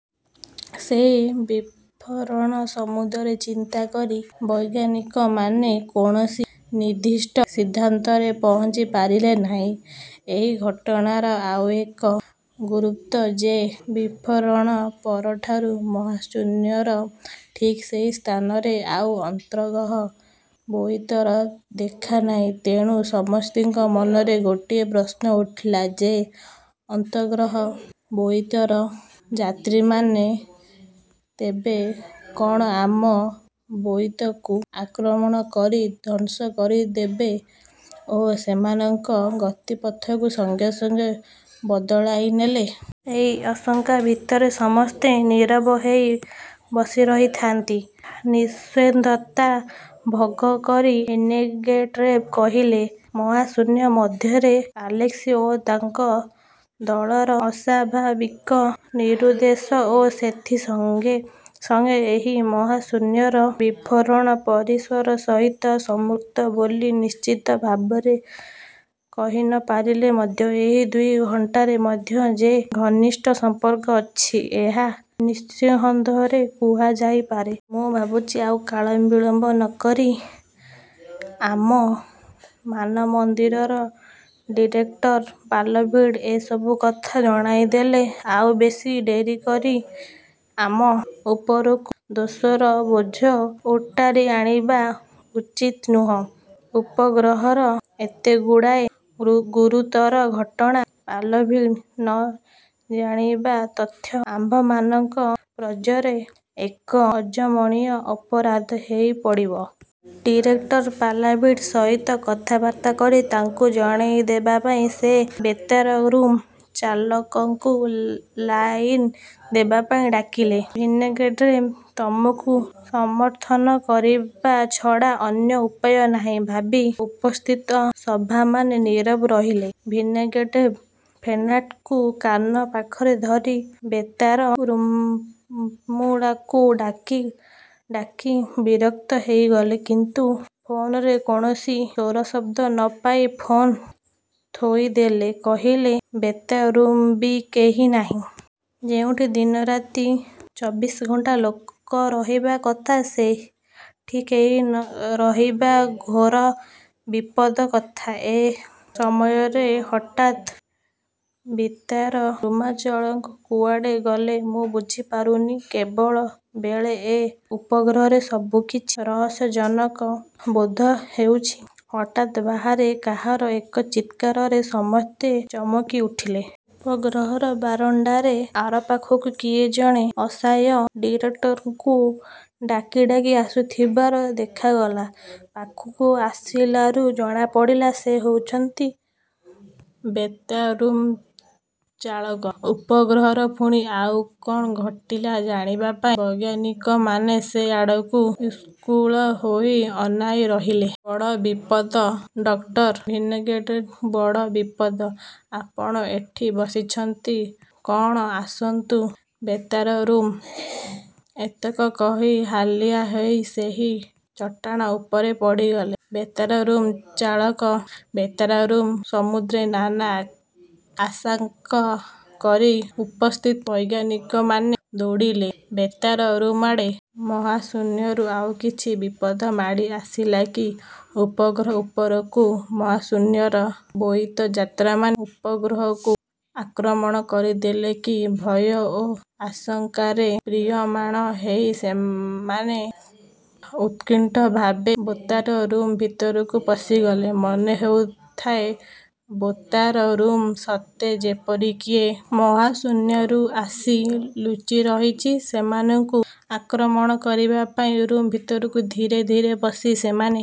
ସେଇ ବିସ୍ଫୋରଣ ସମ୍ବନ୍ଧରେ ଚିନ୍ତା କରି ବୈଜ୍ଞାନିକମାନେ କୌଣସି ନିର୍ଦ୍ଦିଷ୍ଟ ସିଦ୍ଧାନ୍ତରେ ପହଞ୍ଚି ପାରିଲେ ନାହିଁ। ଏହିଘଟଣାର ଆଉ ଏକ ଗୁରୂତ୍ୱ ଯେ ବିସ୍ଫୋରଣ ପରଠାରୁ ମହାଶୂନ୍ୟର ଠିକ୍ ସେହି ସ୍ଥାନରେ ଆଉ ଅନ୍ତର୍ଗ୍ରହ ବୋଇତର ଦେଖା ନାହିଁ। ତେଣୁ ସମସ୍ତଙ୍କ ମନରେ ଗୋଟିଏ ପ୍ରଶ୍ନ ଉଠୁଛି ଯେ, ଅନ୍ତର୍ଗ୍ରତ ବୋଇତର ଯାତ୍ରୀମାନେ ତେବେ କ'ଣଆମ ବୋଇତକୁ ଆକ୍ରମଣ କରି ଧ୍ୱଂସ କରିଦେଲେ ଓ ସେମାନଙ୍କ ଗତିପଥକୁ ସଙ୍ଗେ ସଙ୍ଗେ ବଦଳାଇ ନେଲେ? ଏଇ ଆଶଙ୍କା ଭିତରେ ସମସ୍ତେ ନୀରବ ହୋଇ ବସିରହିଥାନ୍ତି। ନିସ୍ତବ୍ଧତା ଭଙ୍ଗକରି ଭିନୋଗ୍ରେଡ଼ୋଭ୍ କହିଲେ, ''ମହାଶୂନ୍ୟ ମଧ୍ୟରେ ଆଲେସ୍କି ଓ ତାଙ୍କ ଦଳର ଅସ୍ୱାଭାବିକ ନିରୁଦ୍ଦେଶ ଓ ସେଥି ସଙ୍ଗେ; ସଙ୍ଗେ ଏହି ମହାଶୂନ୍ୟର ବିସ୍ଫୋରଣ ପରସ୍ପର ସହିତ ସମ୍ପୃକ୍ତ ବୋଲି ନିଶ୍ଚିତ ଭାବରେ କହି ନ ପାରିଲେ ମଧ୍ୟ ଏହି ଦୁଇ ଘଟଣା ମଧ୍ୟରେ ଯେ ଘନିଷ୍ଠ ସମ୍ପର୍କ ଅଛି, ଏହା ନିଃସନ୍ଦେହରେ କୁହାଯାଇ ପାରେ। ମୁଁ ଭାବୁଛି ଆଉ କାଳବିଳମ୍ବ ନ କରି ଆମ ମାନମନ୍ଦିରର ଡିରେକଟର ପାଲାଭିନ୍ଙ୍କୁ ଏ ସବୁକଥା ଜଣାଇଦେବା। ଆଉ ବେଶୀ ଡେରି କରି ଆମ ଉପରକୁ ଦୋଷର ବୋଝ ଓଟାରି ଆଣିବା ଉଚିତ ନୁହେଁ। ଉପଗ୍ରହର ଏତେଗୁଡ଼ାଏ ଗୁରୁତର ଘଟଣା ପାଲାଭିନ୍ଙ୍କୁ ନ ଜଣାଇବା ଅର୍ଥ ଆମ୍ଭମାନଙ୍କ ପକ୍ଷରେ ଏକ ଅକ୍ଷମଣୀୟ ଅପରାଧ ହୋଇପଡ଼ିବ। '' ଡିରେକଟ୍ର ପାଲାଭିନ୍ଙ୍କ ସହିତ କଥାବାର୍ତ୍ତା କରି ତାଙ୍କୁ ଜଣେଇଦେବା ପାଇଁ ସେ ବେତାର ରୁମ୍ର ଚାଳକଙ୍କୁ ଲାଇନ ଦେବା ପାଇଁ ଡାକିଲେ। ଭିନୋଗ୍ରେଡ଼ୋଭ୍ଙ୍କ ମତକୁ ସମର୍ଥନ କରିବା ଛଡ଼ା ଅନ୍ୟ ଉପାୟ ନାହିଁ ଭାବି ଉପସ୍ଥିତ ସଭ୍ୟମାନେ ନୀରବ ରହିଲେ। ଭିନୋଗ୍ରେଡ଼ୋଭ୍ ଫୋନ୍ଟାକୁ କାନ ପାଖରେ ଧରି ବେତାର ରୁମ୍ଚାଳକଙ୍କୁ ଡାକି ଡାକି ବିରକ୍ତ ହୋଇଗଲେ; କିନ୍ତୁ ଫୋନରେ କୌଣସି ସ୍ୱରଶବ୍ଦ ନ ପାଇ ଫୋନ ଥୋଇଦେଇ କହିଲେ, ''ବେତାର ରୁମ୍ରେ ବି କେହି ନାହିଁ। ଯେଉଁଠି ଦିନରାତି ଚବିଶ ଘଣ୍ଟା ଲୋକ ରହିବା କଥା, ସେଠି କେହି ନ ରହିବା ଘୋର ବିପଦର କଥା। ଏ ଅସମୟରେ ହଠାତ ବେତାରୀ ରୁମ୍ଚାଳକ କୁଆଡ଼େ ଗଲେ ମୁଁ ବୁଝିପାରୁନି। ବେଳକୁ ବେଳ ଏ ଉପଗ୍ରହରେ ସବୁ କିଛି ରହସ୍ୟଜନକ ବୋଧ ହେଉଛି-। '' ହଠାତ୍ ବାହାରେ କାହାର ଏକ ଚିତ୍କାରରେ ସମସ୍ତେ ଚମକି ଉଠିଲେ। ଉପଗ୍ରହର ବାରଣ୍ଡାରେ ଆରପାଖରୁ କିଏ ଜଣେ ଅସ୍ଥାୟୀ ଡିରେକଟରଙ୍କୁ ଡାକି ଡାକି ଆସୁଥିବାର ଦେଖାଗଲା-। ପାଖକୁ ଆସିଲାରୁ ଜଣାପଡ଼ିଲା, ସେ ହେଉଛନ୍ତି ବେତାର ରୁମ୍ର ଚାଳକ। ଉପଗ୍ରହର ପୁଣି ଆଉ କ'ଣ ଘଟିଲା ଜାଣିବା ପାଇଁ ବୈଜ୍ଞାନିକମାନେ ସେ ଆଡ଼କୁ ଉତ୍ସୁକ ହୋଇ ଅନାଇ ରହିଲେ। ''ବଡ଼ ବିପଦ ଡକ୍ଟର ଭିନୋଗ୍ରେଡ଼ୋଭ୍, ବଡ଼ ବିପଦ। ଆପଣ ଏଠି ବସିଛନ୍ତି କଅଣ! ଆସନ୍ତୁ ବେତାର ରୁମ୍କୁ। '' ଏତକ କହି ହାଲିଆ ହୋଇ ସେହି ଚଟାଣ ଉପରେ ପଡ଼ିଗଲେ ବେତାର ରୁମ୍ର ଚାଳକ। ବେତାର ରୁମ୍ ସମ୍ବନ୍ଧେ ନାନା ଆଶଙ୍କା କରି ଉପସ୍ଥିତ ବୈଜ୍ଞାନିକମାନେ ଦୌଡ଼ିଲେ ବେତାର ରୁମ୍ଆଡ଼େ। ମହାଶୂନ୍ୟରୁ ଆଉ କିଛି ବିପଦ ମାଡ଼ିଆସିଲା କି ଉପଗ୍ରହ ଉପରକୁ? ମହାଶୂନ୍ୟର ବୋଇତଯାତ୍ରୀମାନେ ଉପଗ୍ରହକୁ ଆକ୍ରମଣ କରିଦେଲେ କି? ଭୟ ଓ ଆଶଙ୍କାରେ ମ୍ରିୟମ୍ରାଣ ହୋଇ ସେମାନେ ଉତ୍କଣ୍ଠିତ ଭାବେ ବେତାର ରୁମ୍ ଭିତରକୁ ପଶିଲେ। ମନେ ହେଉଥାଏ, ବେତାର ରୁମ୍ରେ ସତେ ଯେପରି କିଏ ମହାଶୂନ୍ୟରୁ ଆସି ଲୁଚିରହିଛି ସେମାନଙ୍କୁ ଆକ୍ରମଣ କରିବା ପାଇଁ। ରୁମ୍ ଭିତରକୁ ଧୀରେ ଧୀରେ ପଶି ସେମାନେ